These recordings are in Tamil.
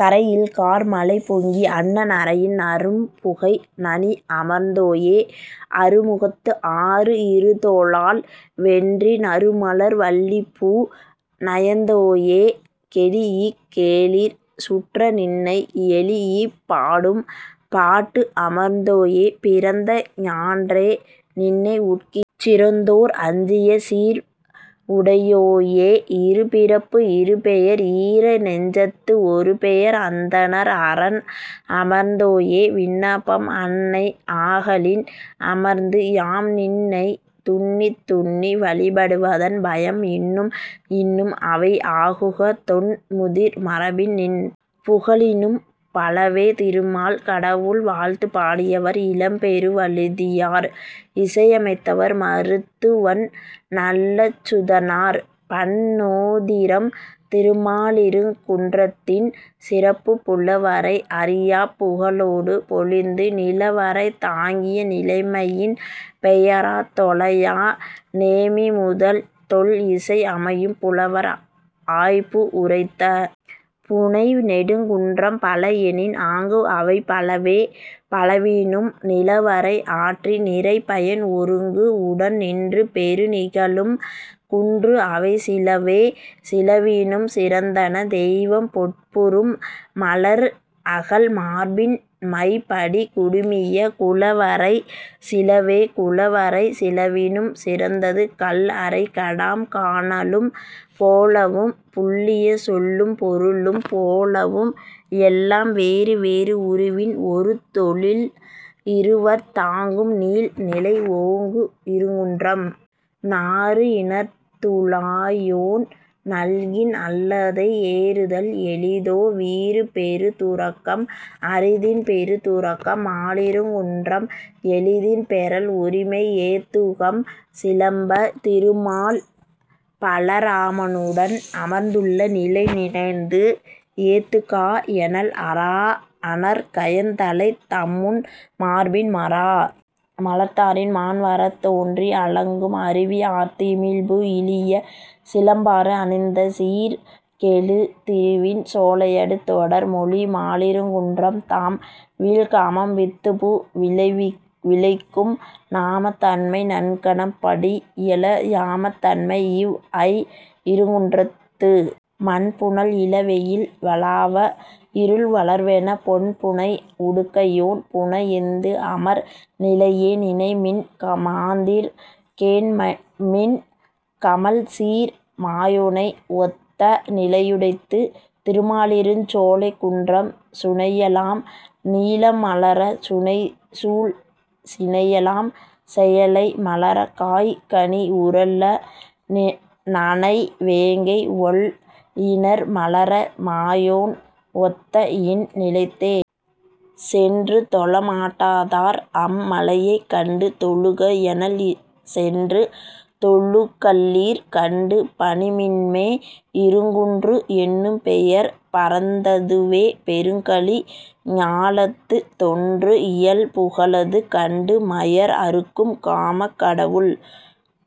கறை இல் கார் மழை பொங்கி அன்ன நறையின் நறும் புகை நனி அமர்ந்தோயே அறு முகத்து ஆறுஇரு தோளால் வென்றி நறு மலர் வள்ளிப் பூ நயந்தோயே கெழீஇக் கேளிர் சுற்ற நின்னை எழீஇப் பாடும் பாட்டு அமர்ந்தோயே பிறந்த ஞான்றே நின்னை உட்கிச் சிறந்தோர் அஞ்சிய சீர் உடையோயே இரு பிறப்பு இரு பெயர் ஈர நெஞ்சத்து ஒரு பெயர் அந்தணர் அறன் அமர்ந்தோயே விண்ணப்பம் அன்னை ஆகலின் அமர்ந்து யாம் நின்னை துன்னித் துன்னி வழிபடுவதன் பயம் இன்னும் இன்னும் அவை ஆகுக தொன் முதிர் மரபின் நின் புகழினும் பலவே திருமால் கடவுள் வாழ்த்து பாடியவர் இளம்பெருவழுதியார் இசையமைத்தவர் மருத்துவன் நல்லச்சுதனார் பண் நோதிறம் திருமாலிருங்குன்றத்தின் சிறப்பு புல வரை அறியாப் புகழொடு பொலிந்து, நில வரைத் தாங்கிய நிலைமையின் பெயராத் தொலையா நேமி முதல் தொல் இசை அமையும் புலவர் ஆய்பு உரைத்த புனை நெடுங் குன்றம் பல எனின், ஆங்கு அவை பலவே: பலவினும், நிலவரை ஆற்றி, நிறை பயன் ஒருங்கு உடன் நின்று பெறு நிகழும் குன்று அவை சிலவே: சிலவினும் சிறந்தன, தெய்வம் பெட்புறும் மலர் அகல் மார்பின் மை படி குடுமிய குல வரை சிலவே குல வரை சிலவினும் சிறந்தது கல் அறை கடாம் கானலும் போலவும் புல்லிய சொல்லும் பொருளும் போலவும் எல்லாம் வேறு வேறு உருவின் ஒரு தொழில் இருவர்த் தாங்கும் நீள் நிலை ஓங்கு இருங்குன்றம். நாறு இணர்த் துழாயோன் நல்கின் அல்லதை ஏறுதல் எளிதோ வீறு பெறு துறக்கம்? அரிதின் பெறு துறக்கம் மாலிருங்குன்றம் எளிதின் பெறல் உரிமை ஏத்துகம், சிலம்ப. திருமால் பலராமனுடன் அமர்ந்துள்ள நிலை நினைந்து ஏத்துகா எனல் அரா அணர் கயந் தலைத் தம்முன் மார்பின் மரா மலர்த்தாரின் மாண் வரத் தோன்றி அலங்கும் அருவி ஆர்த்து இமிழ்பு இழிய சிலம்பாறு அணிந்த சீர் கெழு திருவின் சோலையடு தொடர் மொழி மாலிருங்குன்றம் தாம் வீழ் காமம் வித்துபு விளைக்கும் நாமத் தன்மை நன்கனம் படி எழ யாமத் தன்மை இவ் ஐ இருங்குன்றத்து மன் புனல் இள வெயில் வளாவ இருள் வளர்வென பொன் புனை உடுக்கையோன் புணஎந்து அமர் நிலையே நினைமின் மாந்தீர் கேண்மின் கமழ் சீர் மாயோனை ஒத்த நிலையுடைத்து திருமாலிருஞ்சோலைக் குன்றம் சுனையெலாம் நீலம் மலர சுனை சூழ் சினையெலாம் செயலை மலர காய் கனி உறழ நனை வேங்கை ஒள் இணர் மலர மாயோன் ஒத்த இன் நிலைத்தே. சென்று தொழ மாட்டாதார் அம் மலையைக் கண்டு தொழுக எனல் சென்று தொழுகல்லீர் கண்டு பணிமின்மே இருங்குன்று என்னும் பெயர் பரந்ததுவே பெருங் கலி ஞாலத்துத் தொன்று இயல் புகழது கண்டு மயர் அறுக்கும் காமக் கடவுள்.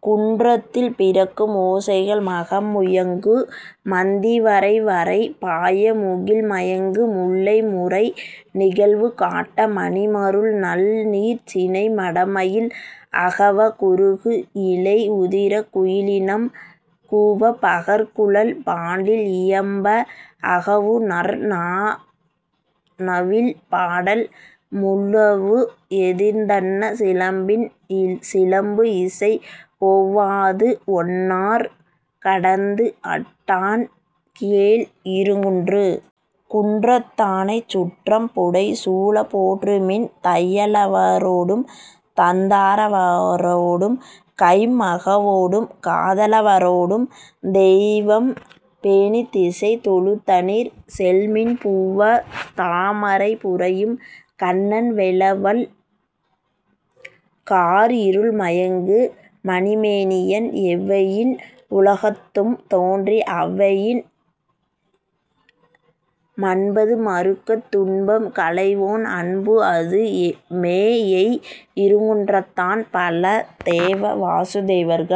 குன்றத்தில் பிறக்கும் ஓசைகள் மக முயங்கு மந்தி வரைவரை பாய முகிழ் மயங்கு முல்லை முறை நிகழ்வு காட்ட, மணி மருள் நல் நீர்ச் சினை மடமயில் அகவ குருகு இலை உதிர குயிலினம் கூவ பகர் குழல் பாண்டில் இயம்ப அகவுநர் நா நவில் பாடல் முழவு எதிர்ந்தன்ன சிலம்பின் சிலம்பு இசை ஓவாதுஒன்னார்க் கடந்து அட்டான் கேழ் இருங்குன்று. குன்றத்தானைச் சுற்றம் புடை சூழப் போற்றுமின் தையலவரொடும், தந்தாரவரொடும் கைம் மகவோடும், காதலவரொடும் தெய்வம் பேணித் திசை தொழுதனிர் செல்மின் புவ்வத் தாமரை புரையும் கண்ணன் வௌவல் கார் இருள் மயங்கு மணி மேனியன் எவ்வயின் உலகத்தும் தோன்றி அவ் வயின் மன்பது மறுக்கத் துன்பம் களைவோன் அன்புஅது மேஎய் இருங்குன்றத்தான். பலதேவ வாசுதேவர்கள்